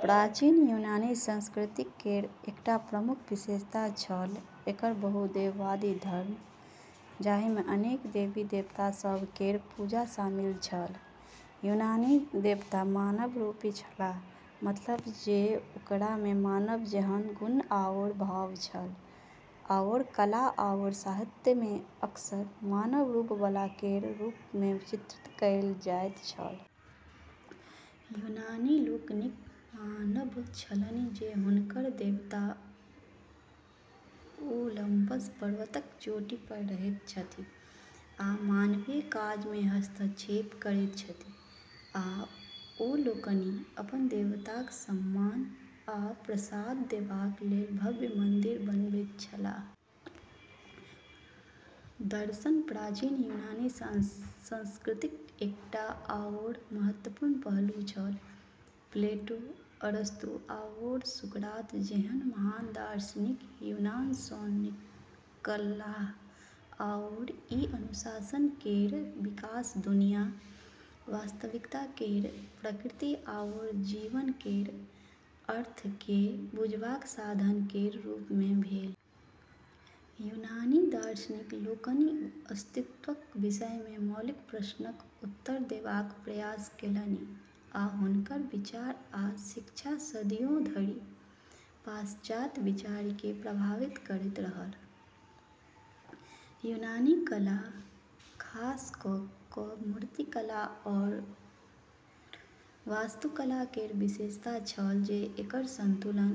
प्राचीन यूनानी संस्कृति केर एकटा प्रमुख विशेषता छल एकर बहुदेववादी धर्म, जाहि मे अनेक देवी-देवता सभ केर पूजा शामिल छल। यूनानी देवता मानवरूपी छलाह, मतलब जे ओकरा मे मानव जेहन गुण आओर भाव छल, आओर कला आओर साहित्य मे अक्सर मानव रूप बला केर रूप मे चित्रित कएल जाइत छल। यूनानी लोकनिक मानब छलनि जे हुनकर देवता ओलंपस पर्वतक चोटी पर रहैत छथि आ मानवीय काज मे हस्तक्षेप करैत छथि, आ ओ लोकनि अपन देवताक सम्मान आ प्रसाद देबाक लेल भव्य मंदिर बनबैत छलाह। दर्शन प्राचीन यूनानी संस्कृतिक एकटा आओर महत्वपूर्ण पहलू छल। प्लेटो, अरस्तू, आओर सुकरात जेहन महान दार्शनिक यूनान सँ निकलाह आओर ई अनुशासन केर विकास दुनिया, वास्तविकता केर प्रकृति आओर जीवन केर अर्थ केँ बुझबाक साधन केर रूप मे भेल। यूनानी दार्शनिक लोकनि अस्तित्वक विषय मे मौलिक प्रश्नक उत्तर देबाक प्रयास केलनि आ हुनकर विचार आ शिक्षा सदियो धरि पाश्चात्य विचार केँ प्रभावित करैत रहल। यूनानी कला, खास कऽ कऽ मूर्तिकला आओर वास्तुकला केर विशेषता छल जे एकर संतुलन,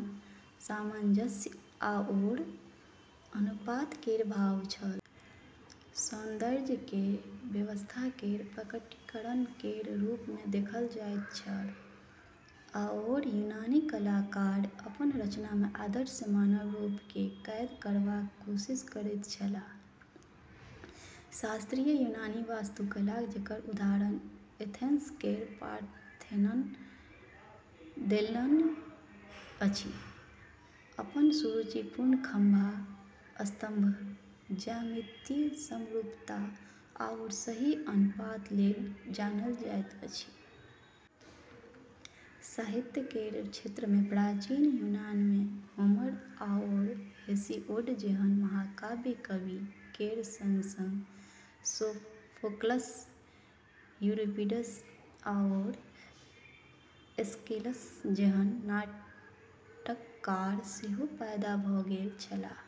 सामंजस्य आओर अनुपात केर भाव छल। सौन्दर्य केँ व्यवस्था केर प्रकटीकरण केर रूप मे देखल जाइत छल, आओर यूनानी कलाकार अपन रचना मे आदर्श मानव रूप केँ कैद करबाक कोशिश करैत छलाह। शास्त्रीय यूनानी वास्तुकला, जेकर उदाहरण एथेंस केर पार्थेनन देलने अछि, अपन सुरुचिपूर्ण खंभा (स्तंभ), ज्यामितीय समरूपता आओर सही अनुपात लेल जानल जाइत अछि। साहित्य केर क्षेत्र मे प्राचीन यूनान मे होमर आओर हेसिओड जेहन महाकाव्य कवि केर संग-संग सोफोक्लस, यूरिपिडस, आओर एस्किलस जेहन नाटककार सेहो पैदा भऽ गेल छलाह।